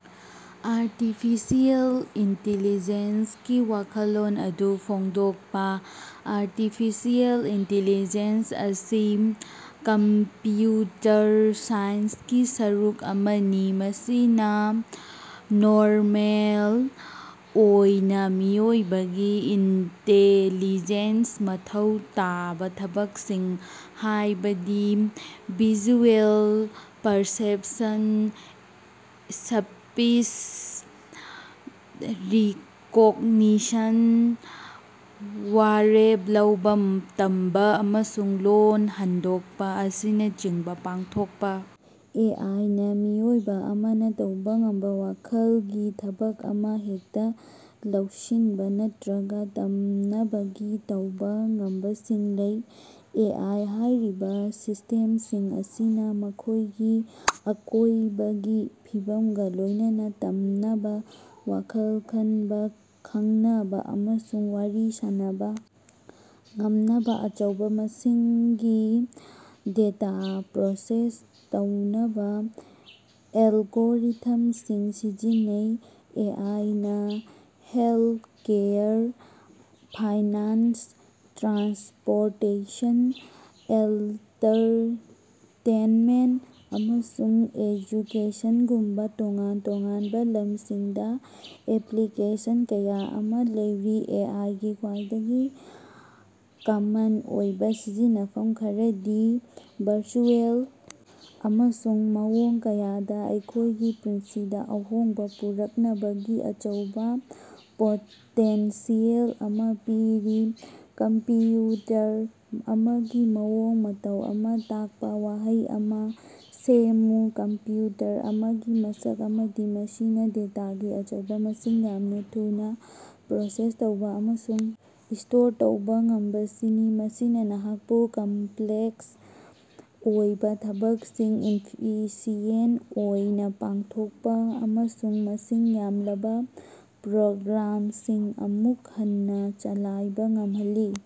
Artificial ꯏꯟꯇꯤꯂꯤꯖꯦꯟꯁꯀꯤ ꯋꯥꯈꯜꯂꯣꯟ ꯑꯗꯨ ꯐꯣꯡꯗꯣꯛꯄ꯫ ꯑꯥꯔꯇꯤꯐꯤꯁꯤꯑꯦꯜ ꯏꯟꯇꯤꯂꯤꯖꯦꯟꯁ ꯑꯁꯤ ꯀꯝꯄꯤꯌꯨꯇꯔ ꯁꯥꯏꯟꯁꯀꯤ ꯁꯔꯨꯛ ꯑꯃꯅꯤ ꯃꯁꯤꯅ ꯅꯣꯔꯃꯦꯜ ꯑꯣꯏꯅ ꯃꯤꯑꯣꯏꯕꯒꯤ ꯏꯟꯇꯦꯂꯤꯖꯦꯟꯁ ꯃꯊꯧ ꯇꯥꯕ ꯊꯕꯛꯁꯤꯡ ꯍꯥꯏꯕꯗꯤ ꯚꯤꯖꯨꯑꯦꯜ ꯄꯔꯁꯦꯞꯁꯟ ꯁꯄꯤꯁ ꯔꯤꯀꯣꯛꯅꯤꯁꯟ ꯋꯥꯔꯦꯞ ꯂꯧꯕ ꯇꯝꯕ ꯑꯃꯁꯨꯡ ꯂꯣꯜ ꯍꯟꯗꯣꯛꯄ ꯑꯁꯤꯅꯆꯤꯡꯕ ꯄꯥꯡꯊꯣꯛꯄ ꯑꯦ ꯑꯥꯏ ꯅꯥ ꯃꯤꯑꯣꯏꯕ ꯑꯃꯅ ꯇꯧꯕ ꯉꯝꯕ ꯋꯥꯈꯜꯒꯤ ꯊꯕꯛ ꯑꯃ ꯍꯦꯛꯇ ꯂꯧꯁꯤꯟꯕ ꯅꯠꯇ꯭ꯔꯒ ꯇꯝꯅꯕꯒꯤ ꯇꯧꯕ ꯉꯝꯕꯁꯤꯡ ꯂꯩ꯫ ꯑꯦ ꯑꯥꯏ ꯍꯥꯏꯔꯤꯕ ꯁꯤꯁꯇꯦꯝꯁꯤꯡ ꯑꯁꯤꯅ ꯃꯈꯣꯏꯒꯤ ꯑꯀꯣꯏꯕꯒꯤ ꯐꯤꯕꯝꯒ ꯂꯣꯏꯅꯅ ꯇꯝꯅꯕ ꯋꯥꯈꯜ ꯈꯟꯕ ꯈꯪꯅꯕ ꯑꯃꯁꯨꯡ ꯋꯥꯔꯤ ꯁꯥꯟꯅꯕ ꯉꯝꯅꯕ ꯑꯆꯧꯕ ꯃꯁꯤꯡꯒꯤ ꯗꯦꯇꯥ ꯄꯔꯣꯁꯦꯁ ꯇꯧꯅꯕ ꯑꯦꯜꯒꯣꯔꯤꯊꯝꯁꯤꯡ ꯁꯤꯖꯤꯟꯅꯩ꯫ ꯑꯦ ꯑꯥꯏ ꯅ ꯍꯦꯜꯀꯦꯌꯔ ꯐꯥꯏꯅꯥꯟꯁ ꯇ꯭ꯔꯥꯟꯁꯄꯣꯔꯇꯦꯁꯟ ꯑꯦꯟꯇꯔꯇꯦꯟꯃꯦꯟꯇ ꯑꯃꯁꯨꯡ ꯑꯦꯖꯨꯀꯦꯁꯟꯒꯨꯝꯕ ꯇꯣꯉꯥꯟ ꯇꯣꯉꯥꯟꯕ ꯂꯝꯁꯤꯡꯗ ꯑꯦꯄꯂꯤꯀꯦꯁꯟ ꯀꯌꯥ ꯑꯃ ꯂꯩꯔꯤ꯫ ꯑꯦ ꯑꯥꯏ ꯒꯤ ꯈ꯭ꯋꯥꯏꯗꯒꯤ ꯀꯃꯟ ꯑꯣꯏꯕ ꯁꯤꯖꯤꯟꯅꯐꯝ ꯈꯔꯗꯤ ꯚꯔꯆꯨꯑꯦꯜ ꯑꯃꯁꯨꯡ ꯃꯑꯣꯡ ꯀꯌꯥꯗ ꯑꯩꯈꯣꯏꯒꯤ ꯄꯨꯟꯁꯤꯗ ꯑꯍꯣꯡꯕ ꯄꯨꯔꯛꯅꯕꯒꯤ ꯑꯆꯧꯕ ꯄꯣꯇꯦꯟꯁꯤꯌꯦꯜ ꯑꯃ ꯄꯤꯔꯤ꯫ ꯀꯝꯄꯤꯌꯨꯇꯔ ꯑꯃꯒꯤ ꯃꯑꯣꯡ ꯃꯇꯧ ꯑꯃ ꯇꯥꯛꯄ ꯋꯥꯍꯩ ꯑꯃ ꯁꯦꯝꯃꯨ꯫ ꯀꯝꯄꯤꯌꯨꯇꯔ ꯑꯃꯒꯤ ꯃꯁꯛ ꯑꯃꯗꯤ ꯃꯁꯤꯅ ꯗꯦꯇꯥꯒꯤ ꯑꯆꯧꯕ ꯃꯁꯤꯡ ꯌꯥꯝꯅ ꯊꯨꯅ ꯄꯔꯣꯁꯦꯁ ꯇꯧꯕ ꯑꯃꯁꯨꯡ ꯁꯇꯣꯔ ꯇꯧꯕ ꯉꯝꯕꯁꯤꯅꯤ ꯃꯁꯤꯅ ꯅꯍꯥꯛꯄꯨ ꯀꯝꯄꯂꯦꯛꯁ ꯑꯣꯏꯕ ꯊꯕꯛꯁꯤꯡ ꯏꯐꯤꯁꯤꯑꯦꯟ ꯑꯣꯏꯅ ꯄꯥꯡꯊꯣꯛꯄ ꯑꯃꯁꯨꯡ ꯃꯁꯤꯡ ꯌꯥꯝꯂꯕ ꯄ꯭ꯔꯣꯒꯔꯥꯝꯁꯤꯡ ꯑꯃꯨꯛ ꯍꯟꯅ ꯆꯂꯥꯏꯕ ꯉꯝꯍꯜꯂꯤ